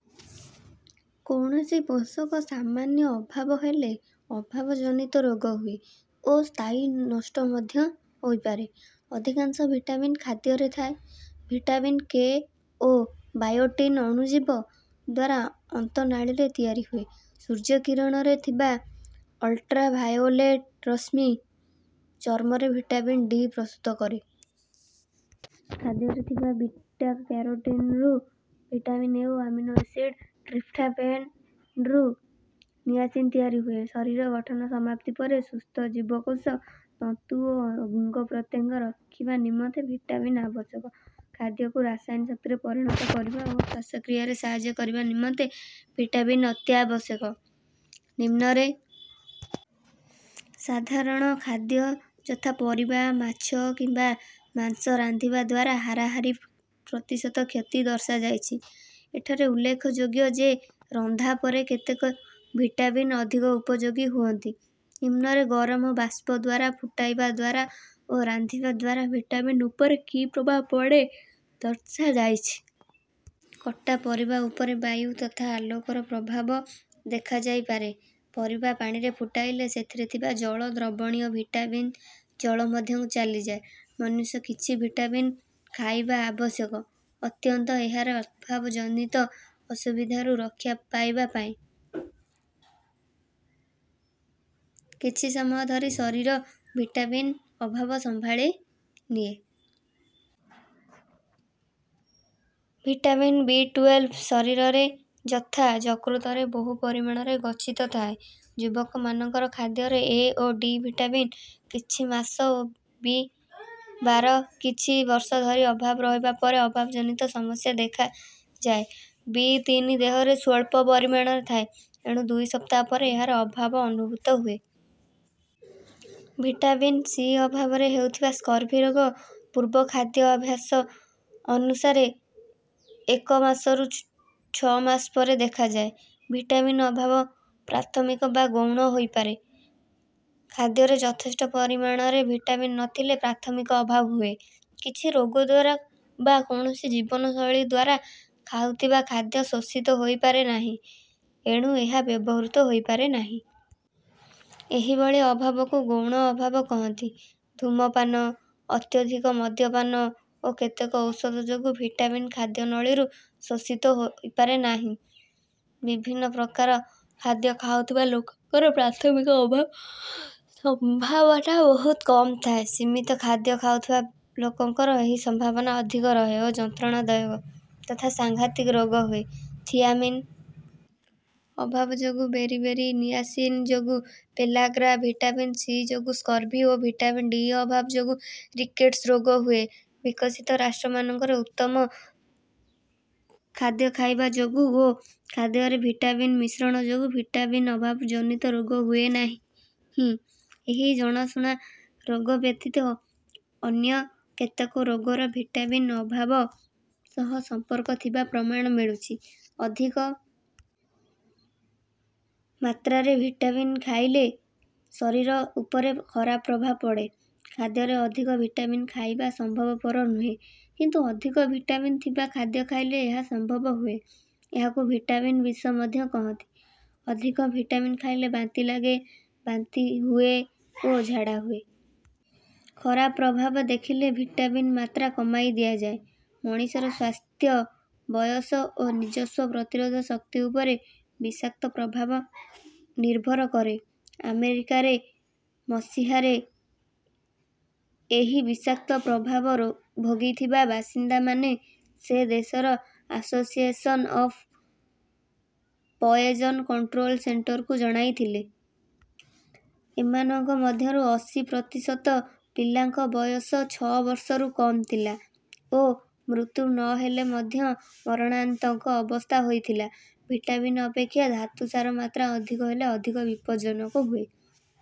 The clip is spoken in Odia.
କୌଣସି ପୋଷକ ସାମାନ୍ୟ ଅଭାବ ହେଲେ ଅଭାବଜନିତ ରୋଗ ହୁଏ ଓ ସ୍ଥାୟୀ ନଷ୍ଟ ମଧ୍ୟ ହୋଇପାରେ। ଅଧିକାଂଶ ଭିଟାମିନ୍ ଖାଦ୍ୟରେ ଥାଏ। ଭିଟାମିନ୍-କେ ଓ ବାୟୋଟିନ୍ ଅଣୁଜୀବଙ୍କ ଦ୍ୱାରା ଅନ୍ତନାଳୀରେ ତିଆରି ହୁଏ। ସୂର୍ଯ୍ୟକିରଣରେ ଥିବା ଅଲ୍ଟ୍ରାଭାୟୋଲେଟ୍ ରଶ୍ମି ଚର୍ମରେ ଭିଟାମିନ୍-ଡି ପ୍ରସ୍ତୁତ କରେ। ଖାଦ୍ୟରେ ଥିବା ବିଟା-କ୍ୟାରୋଟିନ୍‌ରୁ ଭିଟାମିନ୍-ଏ ଓ ଆମିନୋ ଏସିଡ୍ ଟ୍ରିପ୍ଟୋଫେନ୍‌ରୁ ନିଆସିନ୍ ତିଆରି ହୁଏ। ଶରୀର ଗଠନ ସମାପ୍ତି ପରେ ସୁସ୍ଥ ଜୀବକୋଷ, ତନ୍ତୁ ଓ ଅଙ୍ଗପ୍ରତ୍ୟଙ୍ଗ ରଖିବା ନିମନ୍ତେ ଭିଟାମିନ୍ ଆବଶ୍ୟକ। ଖାଦ୍ୟକୁ ରାସାୟନିକ ଶକ୍ତିରେ ପରିଣତ କରିବା ଓ ଶ୍ୱାସକ୍ରିୟାରେ ସାହାଯ୍ୟ କରିବା ନିମନ୍ତେ ଭିଟାମିନ୍ ଅତ୍ୟାବଶ୍ୟକ। ନିମ୍ନରେ ସାଧାରଣ ଖାଦ୍ୟ, ଯଥା: ପରିବା, ମାଛ କିମ୍ବା ମାଂସ ରାନ୍ଧିବା ଦ୍ୱାରା ହାରାହାରି ପ୍ରତିଶତ କ୍ଷତି ଦର୍ଶାଯାଇଛି। ଏଠାରେ ଉଲ୍ଲେଖଯୋଗ୍ୟ ଯେ, ରନ୍ଧା ପରେ କେତେକ ଭିଟାମିନ୍ ଅଧିକ ଉପଯୋଗୀ ହୁଅନ୍ତି। ନିମ୍ନରେ ଗରମ ବାଷ୍ପ ଦ୍ୱାରା, ଫୁଟାଇବା ଦ୍ୱାରା ଓ ରାନ୍ଧିବା ଦ୍ୱାରା ଭିଟାମିନ୍ ଉପରେ କି ପ୍ରଭାବ ପଡ଼େ ଦର୍ଶାଯାଇଛି। କଟା ପରିବା ଉପରେ ବାୟୁ ତଥା ଆଲୋକର ପ୍ରଭାବ ଦେଖାଯାଇପାରେ। ପରିବା ପାଣିରେ ଫୁଟାଇଲେ ସେଥିରେ ଥିବା ଜଳ-ଦ୍ରବଣୀୟ ଭିଟାମିନ୍ ଜଳ ମଧ୍ୟକୁ ଚାଲିଯାଏ। ମନୁଷ୍ୟ କିଛି ଭିଟାମିନ୍ ଖାଇବା ଆବଶ୍ୟକ, ଅନ୍ତତଃ ଏହାର ଅଭାବଜନିତ ଅସୁବିଧାରୁ ରକ୍ଷା ପାଇବା ପାଇଁ। କିଛି ସମୟ ଧରି ଶରୀର ଭିଟାମିନ୍ ଅଭାବ ସମ୍ଭାଳି ନିଏ। ଭିଟାମିନ୍- ବି ଟୁଏଲ୍ଭ ଶରୀରରେ ତଥା ଯକୃତରେ ବହୁ ପରିମାଣରେ ଗଚ୍ଛିତ ଥାଏ। ଯୁବକମାନଙ୍କର ଖାଦ୍ୟରେ ଏ ଓ ଡି ଭିଟାମିନ୍ କିଛି ମାସ ଓ ବି-ବାର କିଛି ବର୍ଷ ଧରି ଅଭାବ ରହିବା ପରେ ଅଭାବଜନିତ ସମସ୍ୟା ଦେଖାଯାଏ। ବି-ତିନି ଦେହରେ ସ୍ୱଳ୍ପ ପରିମାଣରେ ଥାଏ, ଏଣୁ ଦୁଇ ସପ୍ତାହ ପରେ ଏହାର ଅଭାବ ଅନୁଭୂତ ହୁଏ। ଭିଟାମିନ୍-ସି ଅଭାବରେ ହେଉଥିବା ସ୍କର୍ଭି ରୋଗ ପୂର୍ବ ଖାଦ୍ୟାଭ୍ୟାସ ଅନୁସାରେ ଏକ ମାସରୁ ଛଅ ମାସ ପରେ ଦେଖାଯାଏ। ଭିଟାମିନ୍ ଅଭାବ ପ୍ରାଥମିକ ବା ଗୌଣ ହୋଇପାରେ। ଖାଦ୍ୟରେ ଯଥେଷ୍ଟ ପରିମାଣରେ ଭିଟାମିନ୍ ନ ଥିଲେ ପ୍ରାଥମିକ ଅଭାବ ହୁଏ। କିଛି ରୋଗ ଦ୍ୱାରା ବା କୌଣସି ଜୀବନଶୈଳୀ ଦ୍ୱାରା ଖାଉଥିବା ଖାଦ୍ୟ ଶୋଷିତ ହୋଇପାରେ ନାହିଁ, ଏଣୁ ଏହା ବ୍ୟବହୃତ ହୋଇପାରେ ନାହିଁ। ଏହିଭଳି ଅଭାବକୁ ଗୌଣ ଅଭାବ କହନ୍ତି। ଧୂମପାନ, ଅତ୍ୟଧିକ ମଦ୍ୟପାନ ଓ କେତେକ ଔଷଧ ଯୋଗୁ ଭିଟାମିନ୍ ଖାଦ୍ୟନଳୀରୁ ଶୋଷିତ ହୋଇପାରେ ନାହିଁ। ବିଭିନ୍ନ ପ୍ରକାର ଖାଦ୍ୟ ଖାଉଥିବା ଲୋକଙ୍କର ପ୍ରାଥମିକ ଅଭାବ ସମ୍ଭାବନା ବହୁତ କମ୍ ଥାଏ। ସୀମିତ ଖାଦ୍ୟ ଖାଉଥିବା ଲୋକଙ୍କର ଏହି ସମ୍ଭାବନା ଅଧିକ ରହେ ଓ ଯନ୍ତ୍ରଣାଦାୟକ ତଥା ସାଂଘାତିକ ରୋଗ ହୁଏ। ଥିଆମିନ୍ ଅଭାବ ଯୋଗୁ ବେରି-ବେରି, ନିଆସିନ୍ ଯୋଗୁ ପେଲାଗ୍ରା, ଭିଟାମିନ୍-ସି ଯୋଗୁ ସ୍କର୍ଭି ଓ ଭିଟାମିନ୍-ଡି ଅଭାବ ଯୋଗୁ ରିକେଟ୍ସ ରୋଗ ହୁଏ। ବିକଶିତ ରାଷ୍ଟ୍ରମାନଙ୍କରେ ଉତ୍ତମ ଖାଦ୍ୟ ଖାଇବା ଯୋଗୁ ଓ ଖାଦ୍ୟରେ ଭିଟାମିନ୍ ମିଶ୍ରଣ ଯୋଗୁ ଭିଟାମିନ୍ ଅଭାବଜନିତ ରୋଗ ହୁଏ ନାହିଁ। ଏହି ଜଣାଶୁଣା ରୋଗ ବ୍ୟତୀତ ଅନ୍ୟ କେତେକ ରୋଗର ଭିଟାମିନ୍ ଅଭାବ ସହ ସମ୍ପର୍କ ଥିବା ପ୍ରମାଣ ମିଳୁଛି। ଅଧିକ ମାତ୍ରାରେ ଭିଟାମିନ୍ ଖାଇଲେ ଶରୀର ଉପରେ ଖରାପ ପ୍ରଭାବ ପଡ଼େ। ଖାଦ୍ୟରେ ଅଧିକ ଭିଟାମିନ୍ ଖାଇବା ସମ୍ଭବପର ନୁହେଁ, କିନ୍ତୁ ଅଧିକ ଭିଟାମିନ୍ ଥିବା ଖାଦ୍ୟ ଖାଇଲେ ଏହା ସମ୍ଭବ ହୁଏ। ଏହାକୁ ଭିଟାମିନ୍ ବିଷ ମଧ୍ୟ କହନ୍ତି। ଅଧିକ ଭିଟାମିନ୍ ଖାଇଲେ ବାନ୍ତି ଲାଗେ, ବାନ୍ତି ହୁଏ ଓ ଝାଡ଼ା ହୁଏ। ଖରାପ ପ୍ରଭାବ ଦେଖିଲେ ଭିଟାମିନ୍ ମାତ୍ରା କମାଇ ଦିଆଯାଏ। ମଣିଷର ସ୍ୱାସ୍ଥ୍ୟ, ବୟସ ଓ ନିଜସ୍ୱ ପ୍ରତିରୋଧ ଶକ୍ତି ଉପରେ ବିଷାକ୍ତ ପ୍ରଭାବ ନିର୍ଭର କରେ। ଆମେରିକାରେ ମସିହା ରେ ଏହି ବିଷାକ୍ତ ପ୍ରଭାବ ଭୋଗିଥିବା ବାସିନ୍ଦାମାନେ ସେ ଦେଶର ଆସୋସିଏସନ୍ ଅଫ୍ ପଏଜନ୍ କଣ୍ଟ୍ରୋଲ୍ ସେଣ୍ଟରକୁ ଜଣାଇଥିଲେ। ଏମାନଙ୍କ ମଧ୍ୟରୁ ଅଶୀ ପ୍ରତିଶତ ପିଲାଙ୍କ ବୟସ ଛଅ ବର୍ଷରୁ କମ୍ ଥିଲା ଓ ମୃତ୍ୟୁ ନ ହେଲେ ମଧ୍ୟ ମରଣାନ୍ତକ ଅବସ୍ଥା ହୋଇଥିଲା। ଭିଟାମିନ୍ ଅପେକ୍ଷା ଧାତୁସାର ମାତ୍ରା ଅଧିକ ହେଲେ ଅଧିକ ବିପଦଜନକ ହୁଏ।